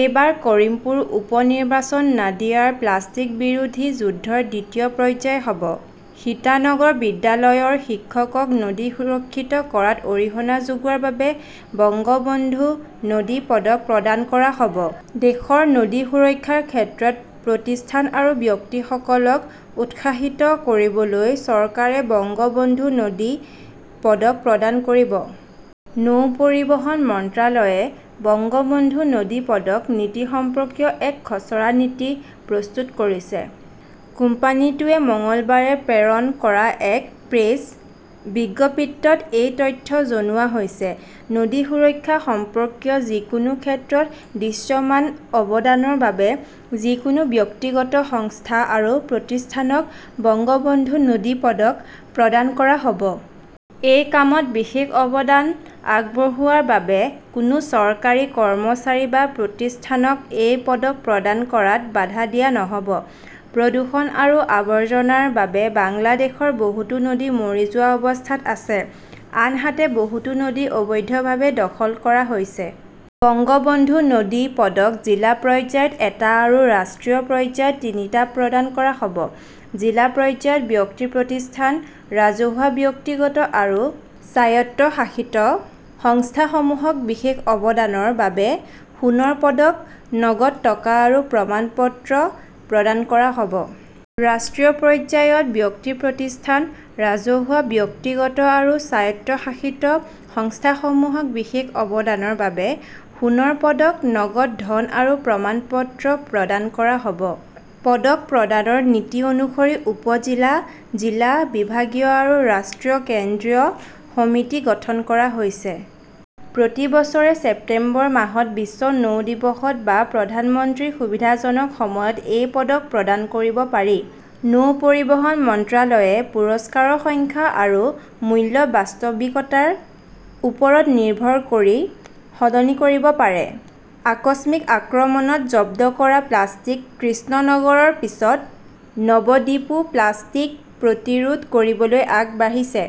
এইবাৰ কৰিমপুৰ উপ-নিৰ্বাচন নাদিয়াৰ প্লাষ্টিক বিৰোধী যুদ্ধৰ দ্বিতীয় পৰ্যায় হ'ব। সীতানগৰ বিদ্যালয়ৰ শিক্ষকক নদী সুৰক্ষিত কৰাত অৰিহণা যোগোৱাৰ বাবে 'বঙ্গবন্ধু নদী পদক 'প্ৰদান কৰা হ'ব। দেশৰ নদী সুৰক্ষাৰ ক্ষেত্ৰত প্ৰতিষ্ঠান আৰু ব্যক্তিসকলক উৎসাহিত কৰিবলৈ চৰকাৰে 'বঙ্গবন্ধু নদী পদক 'প্ৰদান কৰিব। নৌ পৰিবহণ মন্ত্ৰালয়ে 'বঙ্গবন্ধু নদী পদক' নীতি সম্পৰ্কীয় এক খচৰা নীতি প্ৰস্তুত কৰিছে। কোম্পানীটোৱে মঙলবাৰে প্ৰেৰণ কৰা এক প্ৰেছ বিজ্ঞপ্তিত এই তথ্য জনোৱা হৈছে। নদী সুৰক্ষা সম্পৰ্কীয় যিকোনো ক্ষেত্ৰত দৃশ্যমান অৱদানৰ বাবে যিকোনো ব্যক্তিগ ত সংস্থা আৰু প্ৰতিষ্ঠানক 'বঙ্গবন্ধু নদী পদক' প্ৰদান কৰা হ" ব। এই কামত বিশেষ অৱদান আগবঢ়োৱাৰ বাবে কোনো চৰকাৰী কৰ্মচাৰী বা প্ৰতিষ্ঠানক এই পদক প্ৰদান কৰাত বাধা দিয়া নহ 'ব। প্ৰদূষণ আৰু আৱৰ্জনাৰ বাবে বাংলাদেশৰ বহুতো নদী মৰি যোৱা অৱস্থাত আছে, আনহাতে বহুতো নদী অবৈধভাৱে দখল কৰা হৈছে। 'বঙ্গবন্ধু নদী পদক 'জিলা পৰ্যায়ত এটা আৰু ৰাষ্ট্ৰীয় পৰ্যায়ত তিনিটা প্ৰদান কৰা হ'ব। জিলা পৰ্যায়ত ব্যক্তি প্ৰতিষ্ঠান, ৰাজহুৱা, ব্যক্তিগত আৰু স্বায়ত্তশাসিত সংস্থাসমূহক বিশেষ অৱদানৰ বাবে সোণৰ পদক, নগদ টকা আৰু প্ৰমাণপত্ৰ প্ৰদান কৰা হ 'ব। ৰাষ্ট্ৰীয় পৰ্যায়ত ব্যক্তি প্ৰতিষ্ঠান, ৰাজহুৱা, ব্যক্তিগত আৰু স্বায়ত্তশাসিত সংস্থাসমূহক বিশেষ অৱদানৰ বাবে সোনৰ পদক, নগদ ধন আৰু প্ৰমাণপত্ৰ প্ৰদান কৰা হ 'ব। পদক প্ৰদানৰ নীতি অনুসৰি উপ-জিলা, জিলা, বিভাগীয় আৰু ৰাষ্ট্ৰীয় কেন্দ্ৰীয় সমিতি গঠন কৰা হৈছে। প্ৰতি বছৰে ছেপ্টেম্বৰ মাহত বিশ্ব নৌ দিৱসত বা প্ৰধানমন্ত্ৰীৰ সুবিধাজনক সময়ত এই পদক প্ৰদান কৰিব পাৰি। নৌ পৰিবহণ মন্ত্ৰালয়ে পুৰস্কাৰৰ সংখ্যা আৰু মূল্য বাস্তৱিকতাৰ ওপৰত নিৰ্ভৰ কৰি সলনি কৰিব পাৰে। আকস্মিক আক্ৰমণত জব্দ কৰা প্লাষ্টিক কৃষ্ণনগৰৰ পিছত, নৱদ্বীপও প্লাষ্টিক প্ৰতিৰোধ কৰিবলৈ আগবাঢ়িছে।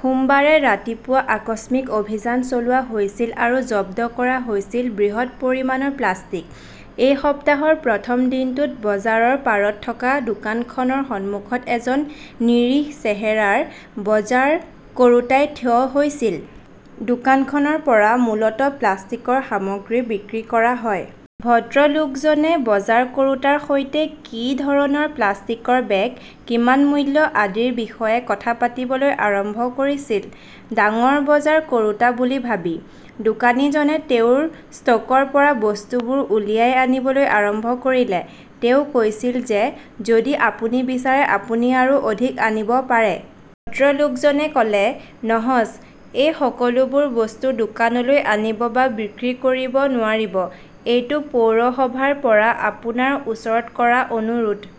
সোমবাৰে ৰাতিপুৱা আকস্মিক অভিযান চলোৱা হৈছিল আৰু জব্দ কৰা হৈছিল বৃহৎ পৰিমাণৰ প্লাষ্টিক। এই সপ্তাহৰ প্ৰথম দিনটোত বজাৰৰ পাৰত থকা দোকানখনৰ সন্মুখত এজন নিৰীহ চেহেৰাৰ বজাৰ কৰোতাই থিয় হৈছিল। দোকানখনৰ পৰা মূলতঃ প্লাষ্টিকৰ সামগ্ৰী বিক্ৰী কৰা হয়। ভদ্ৰলোকজনে বজাৰ কৰোঁতাৰ সৈতে কি ধৰণৰ প্লাষ্টিকৰ বেগ, কিমান মূল্য আদিৰ বিষয়ে কথা পাতিবলৈ আৰম্ভ কৰিছিল। ডাঙৰ বজাৰ কৰোঁতা বুলি ভাবি, দোকানীজনে তেওঁৰ ষ্টকৰ পৰা বস্তুবোৰ উলিয়াই আনিবলৈ আৰম্ভ কৰিলে। তেওঁ কৈছিল যে যদি আপুনি বিচাৰে আপুনি আৰু অধিক আনিব পাৰে। ভদ্ৰলোকজনে কলে ,নহয এই সকলোবোৰ বস্তু দোকানলৈ আনিব বা বিক্ৰী কৰিব নোৱাৰিব। এইটো পৌৰসভাৰ পৰা আপোনাৰ ওচৰত কৰা অনুৰোধ।